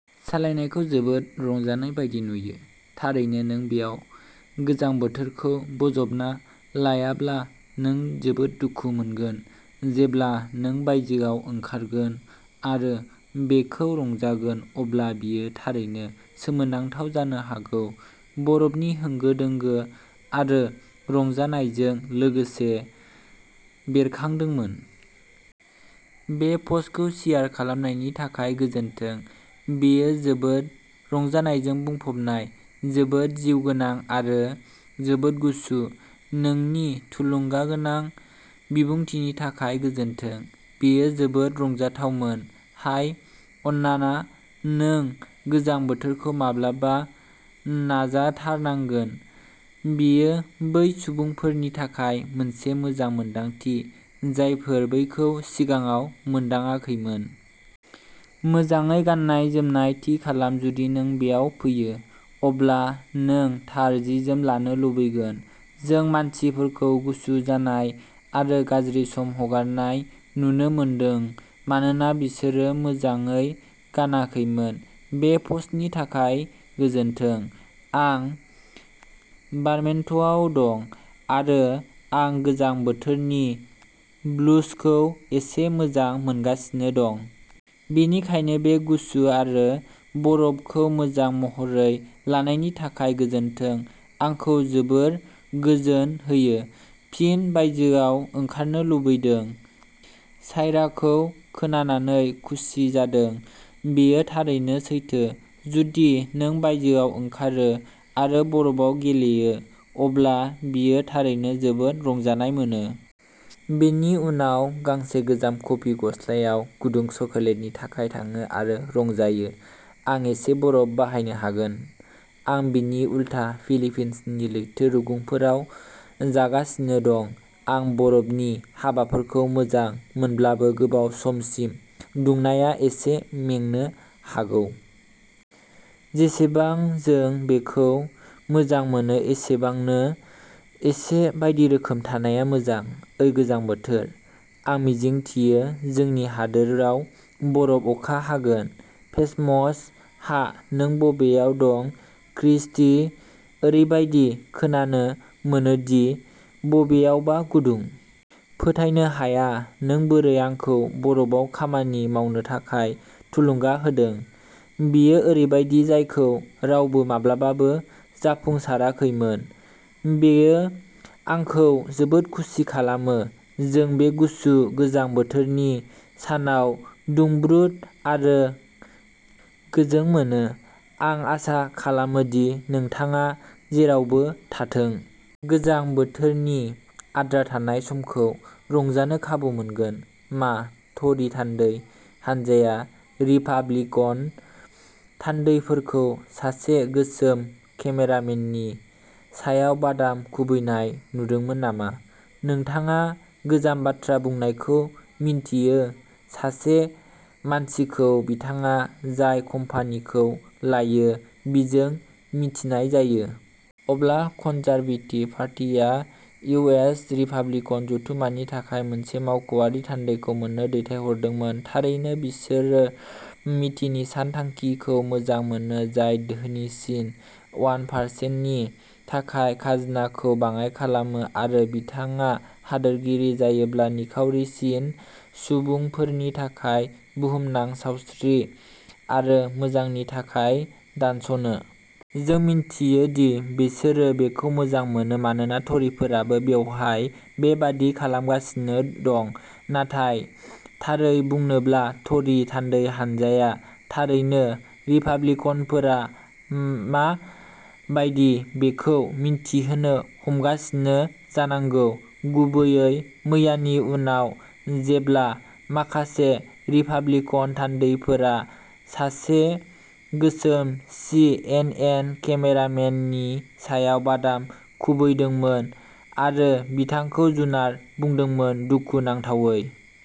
सालायनायखौ जोबोद रंजानाय बायदि नुयो। थारै नों बेयाव गोजां बोथोरखौ बोजबना लायाब्ला नों जोबोद दुखु मोनगोन। जेब्ला नों बायजोआव ओंखारगोन आरो बेखौ रंजागोन अब्ला बेयो थारैनो सोमोनांथाव जानो हागौ। बरफनि होंगो-दोंगो आरो रंजानायजों लोगोसे बेरखांदोंमोन। बे पस्टखौ सेयार खालामनायनि थाखाय गोजोन्थों। बेयो जोबोद रंजानायजों बुंफबनाय जोबोद जिउगोनां आरो जोबोद गुसु। नोंनि थुलुंगागोनां बिबुंथिनि थाखाय गोजोन्थों। बेयो जोबोद रंजाथावमोन। हाय आनना नों गोजां बोथोरखौ माब्लाबा नाजाथारनांगोन। बेयो बै सुबुंफोरनि थाखाय मोनसे मोजां मोनदांथि, जायफोरा बेखौ सिगाङाव मोनदाङाखैमोन। मोजाङै गाननाय-जोमनाय थि खालाम जुदि नों बेयाव फैयो अब्ला नों थार जि-जोम लानो लुबैगोन। जों मानसिफोरखौ गुसु जानाय आरो गाज्रि सम हगारनाय नुनो मोनदों मानोना बिसोरो मोजाङै गानाखैमोन। बे पस्टनि थाखाय गोजोन्थों। आं भारमेन्टआव दं आरो आं गोजां बोथोरनि ब्लुजखौ एसे मोजां मोनगासिनो दं। बेनिखायनो बे गुसु आरो बरफखौ मोजां महरै लानायनि थाखाय गोजोन्थों। आंखौ जोबोद गोजोन होयो। फिन बायजोआव ओंखारनो लुबैदों। सायराखौ खोनानानै खुसि जादों। बेयो थारैनो सैथो। जुदि नों बायजोआव ओंखारो आरो बरफाव गेलेयो। अब्ला बेयो थारैनो जोबोद रंजानाय मोनो। बेनि उनाव गंसे गोजाम कफि गलायाव गुदुं चकलेटनि थाखाय थाङो आरो रंजायो। आं एसे बरफ बाहायनो हागोन। आं बेनि उलथा फिलिपिन्सनि लैथो रुगुंफोराव जागासिनो दं। आं बरफनि हाबाफोरखौ मोजां मोनोब्लाबो गोबाव समसिम दुंनाया एसे मेंनो हागौ। जेसेबां जों बेखौ मोजां मोनो एसेबांनो एसे बायदि रोखोम थानाया मोजां। ओइ गोजां बोथोर आं मिजिंथियो जोंनि हादोराव बरफ अखा हागोन। फेसपाम। हा नों बबेयाव दं क्रिस्टी? ओरैबायदि खोनानो मोनो दि बबेयावबा गुदुं। फोथायनो हाया नों बोरै आंखौ बरफाव खामानि मावनो थाखाय थुलुंगा होदों। बेयो ओरैबायदि जायखौ रावबो माब्लाबाबो जाफुंसाराखैमोन। बेयो आंखौ जोबोद खुसि खालामो। जों बे गुसु गोजां बोथोरनि सानाव दुंब्रुद आरो गोजों मोनो। आं आसा खालामो दि नोंथाङा जेरावबो थाथों। गोजां बोथोरनि आद्रा थानाय समखौ रंजानो खाबु मोनगोन। मा ट'रि थान्दै हान्जाया रिपाब्लिकान थान्दैफोरखौ सासे गोसोम केमेरामेननि सायाव बादाम खुबैनाय नुदोंमोन नामा? नोंथाङा गोजाम बाथ्रा बुंनायखौ मिथियो सासे मानसिखौ बिथाङा जाय कम्पानिखौ लाखियो बेजों मिथिनाय जायो? अब्ला कनजारभेटिभ पार्टिआ इउ. एस. रिपाब्लिकान जथुमानि थाखाय मोनसे मावख'आरि थान्दैखौ मानो दैथायहरदोंमोन। थारैनो बिसोर मिटनि सानथांखिखौ मोजां मोनो जाय धोनिसिन अवान पारचेन्टनि थाखाय खाजोनाखौ बाङाय खालामो आरो बिथाङा हादोरगिरि जायोब्ला निखावरिसिन सुबुंफोरनि थाखाय बुहुमनां सावस्रि आरो मोजांनि थाखाय दानस'नो। जों मिथियो दि बिसोरो बेखौ मोजां मोनो मानोना ट'रिफोराबो बेवहाय बे बायदि खालामगासिनो दं। नाथाय थारै बुंनोब्ला ट'रि थान्दै हान्जाया थारैनो रिपाब्लिकानफोरा मा बायदि बेखौ मिन्थिनो हमगासिनो जानांगौ। गुबैयै मैयानि उनाव जेब्ला माखासे रिपाब्लिकान थान्दैफोरा सासे गोसोम सि एन एन केमेरामेननि सायाव बादाम खुबैदोंमोन आरो बिथांखौ जुनार बुंदोंमोन दुखु नांथावै।